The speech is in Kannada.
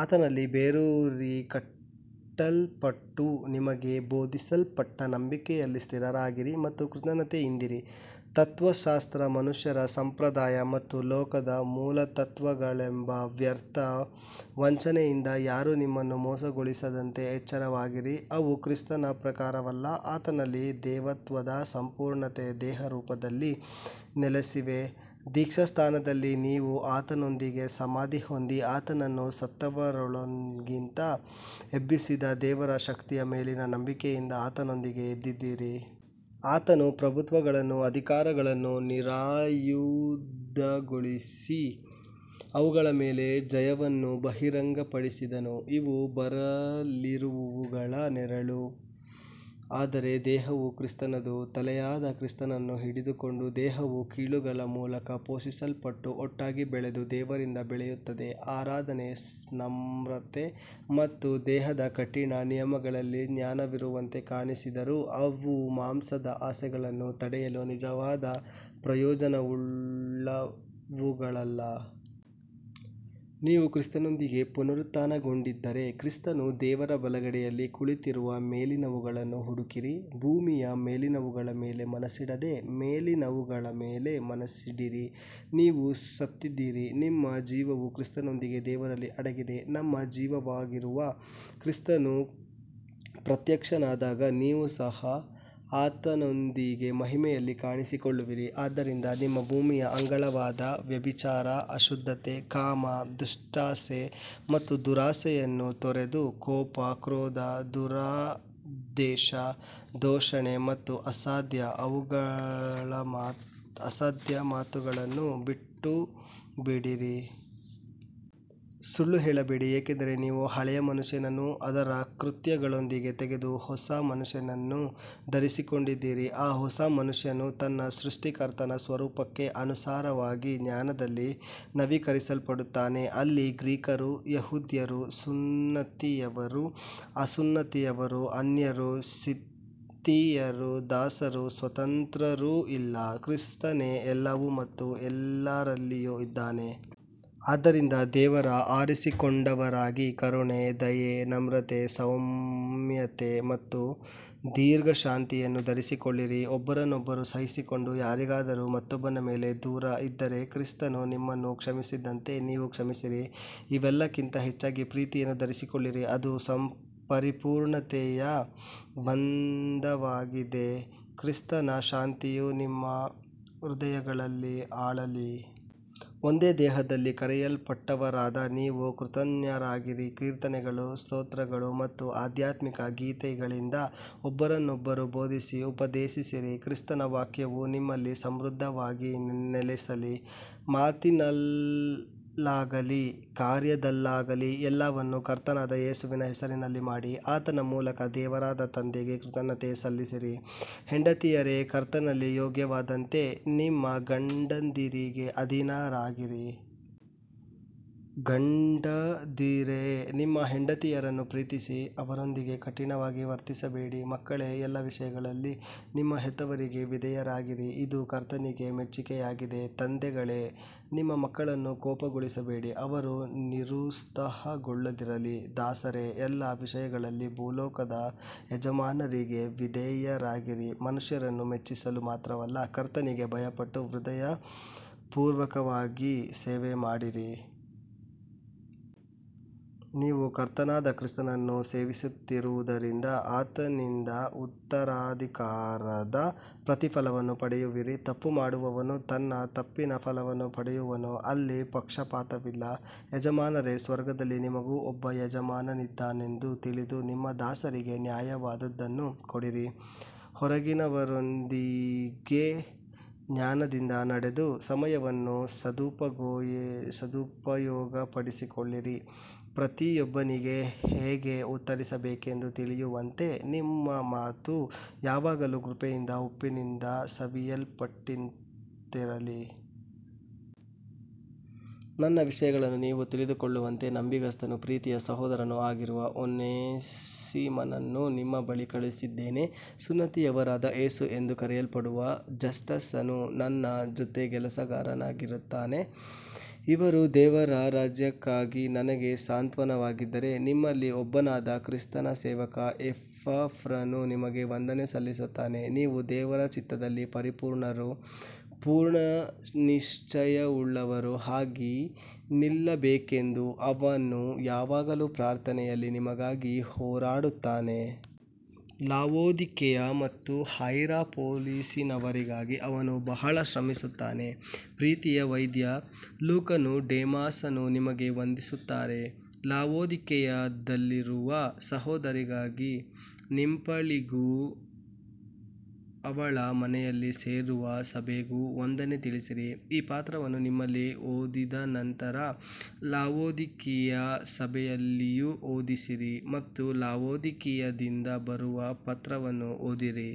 ಆತನಲ್ಲಿ ಬೇರೂರಿ ಕಟ್ಟಲ್ಪಟ್ಟು, ನಿಮಗೆ ಬೋಧಿಸಲ್ಪಟ್ಟ ನಂಬಿಕೆಯಲ್ಲಿ ಸ್ಥಿರರಾಗಿರಿ ಮತ್ತು ಕೃತಜ್ಞತೆಯಿಂದಿರಿ. ತತ್ತ್ವಶಾಸ್ತ್ರ, ಮನುಷ್ಯರ ಸಂಪ್ರದಾಯ ಮತ್ತು ಲೋಕದ ಮೂಲತತ್ತ್ವಗಳೆಂಬ ವ್ಯರ್ಥ ವಂಚನೆಯಿಂದ ಯಾರೂ ನಿಮ್ಮನ್ನು ಮೋಸಗೊಳಿಸದಂತೆ ಎಚ್ಚರವಾಗಿರಿ. ಅವು ಕ್ರಿಸ್ತನ ಪ್ರಕಾರವಲ್ಲ. ಆತನಲ್ಲಿ ದೇವತ್ವದ ಸಂಪೂರ್ಣತೆ ದೇಹರೂಪದಲ್ಲಿ ನೆಲೆಸಿದೆ. ದೀಕ್ಷಾಸ್ನಾನದಲ್ಲಿ ನೀವು ಆತನೊಂದಿಗೆ ಸಮಾಧಿ ಹೊಂದಿ, ಆತನನ್ನು ಸತ್ತವರೊಳಗಿಂದ ಎಬ್ಬಿಸಿದ ದೇವರ ಶಕ್ತಿಯ ಮೇಲಿನ ನಂಬಿಕೆಯಿಂದ ಆತನೊಂದಿಗೆ ಎದ್ದಿದ್ದೀರಿ. ಆತನು ಪ್ರಭುತ್ವಗಳನ್ನೂ ಅಧಿಕಾರಗಳನ್ನೂ ನಿರಾಯುಧಗೊಳಿಸಿ, ಅವುಗಳ ಮೇಲೆ ಜಯವನ್ನು ಬಹಿರಂಗಪಡಿಸಿದನು. ಇವು ಬರಲಿರುವವುಗಳ ನೆರಳು, ಆದರೆ ದೇಹವು ಕ್ರಿಸ್ತನದು. ತಲೆಯಾದ ಕ್ರಿಸ್ತನನ್ನು ಹಿಡಿದುಕೊಂಡು ದೇಹವು ಕೀಲುಗಳ ಮೂಲಕ ಪೋಷಿಸಲ್ಪಟ್ಟು ಒಟ್ಟಾಗಿ ಬೆಳೆದು ದೇವರಿಂದ ಬೆಳೆಯುತ್ತದೆ. ಆರಾಧನೆ, ನಮ್ರತೆ ಮತ್ತು ದೇಹದ ಕಠಿಣ ನಿಯಮಗಳಲ್ಲಿ ಜ್ಞಾನವಿರುವಂತೆ ಕಾಣಿಸಿದರೂ ಅವು ಮಾಂಸದ ಆಸೆಗಳನ್ನು ತಡೆಯಲು ನಿಜವಾದ ಪ್ರಯೋಜನವುಳ್ಳವುಗಳಲ್ಲ. ನೀವು ಕ್ರಿಸ್ತನೊಂದಿಗೆ ಪುನರುತ್ಥಾನಗೊಂಡಿದ್ದರೆ, ಕ್ರಿಸ್ತನು ದೇವರ ಬಲಗಡೆಯಲ್ಲಿ ಕುಳಿತಿರುವ ಮೇಲಿನವುಗಳನ್ನು ಹುಡುಕಿರಿ. ಭೂಮಿಯ ಮೇಲಿನವುಗಳ ಮೇಲೆ ಮನಸ್ಸಿಡದೆ ಮೇಲಿನವುಗಳ ಮೇಲೆ ಮನಸ್ಸಿಡಿರಿ. ನೀವು ಸತ್ತಿದ್ದೀರಿ, ನಿಮ್ಮ ಜೀವವು ಕ್ರಿಸ್ತನೊಂದಿಗೆ ದೇವರಲ್ಲಿ ಅಡಗಿದೆ. ನಮ್ಮ ಜೀವವಾಗಿರುವ ಕ್ರಿಸ್ತನು ಪ್ರತ್ಯಕ್ಷನಾದಾಗ ನೀವು ಸಹ ಆತನೊಂದಿಗೆ ಮಹಿಮೆಯಲ್ಲಿ ಕಾಣಿಸಿಕೊಳ್ಳುವಿರಿ. ಆದ್ದರಿಂದ ನಿಮ್ಮ ಭೂಮಿಯ ಅಂಗಗಳಾದ ವ್ಯಭಿಚಾರ, ಅಶುದ್ಧತೆ, ಕಾಮ, ದುಷ್ಟಾಸೆ ಮತ್ತು ದುರಾಶೆಯನ್ನು ತೊರೆದು, ಕೋಪ, ಕ್ರೋಧ, ದುರುದ್ದೇಶ, ದೂಷಣೆ ಮತ್ತು ಅಸಭ್ಯ ಮಾತುಗಳನ್ನು ಬಿಟ್ಟುಬಿಡಿರಿ. ಸುಳ್ಳು ಹೇಳಬೇಡಿ, ಏಕೆಂದರೆ ನೀವು ಹಳೆಯ ಮನುಷ್ಯನನ್ನು ಅದರ ಕೃತ್ಯಗಳೊಂದಿಗೆ ತೆಗೆದು ಹೊಸ ಮನುಷ್ಯನನ್ನು ಧರಿಸಿಕೊಂಡಿದ್ದೀರಿ. ಆ ಹೊಸ ಮನುಷ್ಯನು ತನ್ನ ಸೃಷ್ಟಿಕರ್ತನ ಸ್ವರೂಪಕ್ಕೆ ಅನುಸಾರವಾಗಿ ಜ್ಞಾನದಲ್ಲಿ ನವೀಕರಿಸಲ್ಪಡುತ್ತಾನೆ. ಅಲ್ಲಿ ಗ್ರೀಕರೂ ಯಹೂದ್ಯರೂ, ಸುನ್ನತಿಯವರೂ ಅಸುನ್ನತಿಯವರೂ, ಅನ್ಯರೂ ಸಿಥಿಯರೂ, ದಾಸರೂ ಸ್ವತಂತ್ರರೂ ಇಲ್ಲ, ಕ್ರಿಸ್ತನೇ ಎಲ್ಲವೂ ಮತ್ತು ಎಲ್ಲರಲ್ಲಿಯೂ ಇದ್ದಾನೆ. ಆದ್ದರಿಂದ ದೇವರ ಆರಿಸಿಕೊಂಡವರಾಗಿ ಕರುಣೆ, ದಯೆ, ನಮ್ರತೆ, ಸೌಮ್ಯತೆ ಮತ್ತು ದೀರ್ಘಶಾಂತಿಯನ್ನು ಧರಿಸಿಕೊಳ್ಳಿರಿ. ಒಬ್ಬರನ್ನೊಬ್ಬರು ಸಹಿಸಿಕೊಂಡು, ಯಾರಿಗಾದರೂ ಮತ್ತೊಬ್ಬನ ಮೇಲೆ ದೂರು ಇದ್ದರೆ ಕ್ರಿಸ್ತನು ನಿಮ್ಮನ್ನು ಕ್ಷಮಿಸಿದಂತೆ ನೀವೂ ಕ್ಷಮಿಸಿರಿ. ಇವೆಲ್ಲಕ್ಕಿಂತ ಹೆಚ್ಚಾಗಿ ಪ್ರೀತಿಯನ್ನು ಧರಿಸಿಕೊಳ್ಳಿರಿ, ಅದು ಪರಿಪೂರ್ಣತೆಯ ಬಂಧವಾಗಿದೆ. ಕ್ರಿಸ್ತನ ಶಾಂತಿಯು ನಿಮ್ಮ ಹೃದಯಗಳಲ್ಲಿ ಆಳಲಿ. ಒಂದೇ ದೇಹದಲ್ಲಿ ಕರೆಯಲ್ಪಟ್ಟವರಾದ ನೀವು ಕೃತಜ್ಞರಾಗಿರಿ. ಕೀರ್ತನೆಗಳು, ಸ್ತೋತ್ರಗಳು ಮತ್ತು ಆಧ್ಯಾತ್ಮಿಕ ಗೀತೆಗಳಿಂದ ಒಬ್ಬರನ್ನೊಬ್ಬರು ಬೋಧಿಸಿ, ಉಪದೇಶಿಸಿರಿ. ಕ್ರಿಸ್ತನ ವಾಕ್ಯವು ನಿಮ್ಮಲ್ಲಿ ಸಮೃದ್ಧವಾಗಿ ನೆಲೆಸಲಿ. ಮಾತಿನಲ್ಲಾಗಲಿ ಕಾರ್ಯದಲ್ಲಾಗಲಿ ಎಲ್ಲವನ್ನೂ ಕರ್ತನಾದ ಯೇಸುವಿನ ಹೆಸರಿನಲ್ಲಿ ಮಾಡಿ, ಆತನ ಮೂಲಕ ದೇವರಾದ ತಂದೆಗೆ ಕೃತಜ್ಞತೆ ಸಲ್ಲಿಸಿರಿ. ಹೆಂಡತಿಯರೇ, ಕರ್ತನಲ್ಲಿ ಯೋಗ್ಯವಾದಂತೆ ನಿಮ್ಮ ಗಂಡಂದಿರಿಗೆ ಅಧೀನರಾಗಿರಿ. ಗಂಡಂದಿರೇ, ನಿಮ್ಮ ಹೆಂಡತಿಯರನ್ನು ಪ್ರೀತಿಸಿ, ಅವರೊಂದಿಗೆ ಕಠಿಣವಾಗಿ ವರ್ತಿಸಬೇಡಿ. ಮಕ್ಕಳೇ, ಎಲ್ಲ ವಿಷಯಗಳಲ್ಲಿ ನಿಮ್ಮ ಹೆತ್ತವರಿಗೆ ವಿಧೇಯರಾಗಿರಿ, ಇದು ಕರ್ತನಿಗೆ ಮೆಚ್ಚಿಕೆಯಾಗಿದೆ. ತಂದೆಗಳೇ, ನಿಮ್ಮ ಮಕ್ಕಳನ್ನು ಕೋಪಗೊಳಿಸಬೇಡಿ, ಅವರು ನಿರುತ್ಸಾಹಗೊಳ್ಳದಿರಲಿ. ದಾಸರೇ, ಎಲ್ಲ ವಿಷಯಗಳಲ್ಲಿ ಭೂಲೋಕದ ಯಜಮಾನರಿಗೆ ವಿಧೇಯರಾಗಿರಿ, ಮನುಷ್ಯರನ್ನು ಮೆಚ್ಚಿಸಲು ಮಾತ್ರವಲ್ಲ, ಕರ್ತನಿಗೆ ಭಯಪಟ್ಟು ಹೃದಯಪೂರ್ವಕವಾಗಿ ಸೇವೆಮಾಡಿರಿ. ನೀವು ಕರ್ತನಾದ ಕ್ರಿಸ್ತನನ್ನು ಸೇವಿಸುತ್ತಿರುವುದರಿಂದ ಆತನಿಂದ ಉತ್ತರಾಧಿಕಾರದ ಪ್ರತಿಫಲವನ್ನು ಪಡೆಯುವಿರಿ. ತಪ್ಪುಮಾಡುವವನು ತನ್ನ ತಪ್ಪಿನ ಫಲವನ್ನು ಪಡೆಯುವನು, ಅಲ್ಲಿ ಪಕ್ಷಪಾತವಿಲ್ಲ. ಯಜಮಾನರೇ, ಸ್ವರ್ಗದಲ್ಲಿ ನಿಮಗೂ ಒಬ್ಬ ಯಜಮಾನನಿದ್ದಾನೆಂದು ತಿಳಿದು ನಿಮ್ಮ ದಾಸರಿಗೆ ನ್ಯಾಯವಾದದ್ದನ್ನು ಕೊಡಿರಿ. ಹೊರಗಿನವರೊಂದಿಗೆ ಜ್ಞಾನದಿಂದ ನಡೆದು, ಸಮಯವನ್ನು ಸದುಪಯೋಗಪಡಿಸಿಕೊಳ್ಳಿರಿ. ಪ್ರತಿಯೊಬ್ಬನಿಗೆ ಹೇಗೆ ಉತ್ತರಿಸಬೇಕೆಂದು ತಿಳಿಯುವಂತೆ ನಿಮ್ಮ ಮಾತು ಯಾವಾಗಲೂ ಕೃಪೆಯಿಂದ, ಉಪ್ಪಿನಿಂದ ಸವಿಯಲ್ಪಟ್ಟಂತಿರಲಿ. ನನ್ನ ವಿಷಯಗಳನ್ನು ನೀವು ತಿಳಿದುಕೊಳ್ಳುವಂತೆ ನಂಬಿಗಸ್ತನೂ ಪ್ರೀತಿಯ ಸಹೋದರನೂ ಆಗಿರುವ ಒನೇಸಿಮನನ್ನು ನಿಮ್ಮ ಬಳಿಗೆ ಕಳುಹಿಸಿದ್ದೇನೆ. ಸುನ್ನತಿಯವರಾದ ಯೇಸು ಎಂದು ಕರೆಯಲ್ಪಡುವ ಜಸ್ಟಸನೂ ನನ್ನ ಜೊತೆಕೆಲಸಗಾರನಾಗಿದ್ದಾನೆ. ಇವರು ದೇವರ ರಾಜ್ಯಕ್ಕಾಗಿ ನನಗೆ ಸಾಂತ್ವನವಾಗಿದ್ದಾರೆ. ನಿಮ್ಮಲ್ಲಿ ಒಬ್ಬನಾದ ಕ್ರಿಸ್ತನ ಸೇವಕ ಎಪಫ್ರನು ನಿಮಗೆ ವಂದನೆ ಸಲ್ಲಿಸುತ್ತಾನೆ. ನೀವು ದೇವರ ಚಿತ್ತದಲ್ಲಿ ಪರಿಪೂರ್ಣರೂ ಪೂರ್ಣನಿಶ್ಚಯವುಳ್ಳವರೂ ಆಗಿ ನಿಲ್ಲಬೇಕೆಂದು ಅವನು ಯಾವಾಗಲೂ ಪ್ರಾರ್ಥನೆಯಲ್ಲಿ ನಿಮಗಾಗಿ ಹೋರಾಡುತ್ತಾನೆ. ಲಾವೊದಿಕೀಯ ಮತ್ತು ಹೈರಾಪೊಲಿಸಿನವರಿಗಾಗಿ ಅವನು ಬಹಳ ಶ್ರಮಿಸುತ್ತಾನೆ. ಪ್ರೀತಿಯ ವೈದ್ಯ ಲೂಕನೂ ಡೆಮಾಸನೂ ನಿಮಗೆ ವಂದಿಸುತ್ತಾರೆ. ಲಾವೊದಿಕೀಯದಲ್ಲಿರುವ ಸಹೋದರರಿಗೂ ನಿಂಫಳಿಗೂ ಅವಳ ಮನೆಯಲ್ಲಿ ಸೇರುವ ಸಭೆಗೂ ವಂದನೆ ತಿಳಿಸಿರಿ. ಈ ಪತ್ರವನ್ನು ನಿಮ್ಮಲ್ಲಿ ಓದಿದ ನಂತರ ಲಾವೊದಿಕೀಯ ಸಭೆಯಲ್ಲಿಯೂ ಓದಿಸಿರಿ ಮತ್ತು ಲಾವೊದಿಕೀಯದಿಂದ ಬರುವ ಪತ್ರವನ್ನೂ ಓದಿರಿ.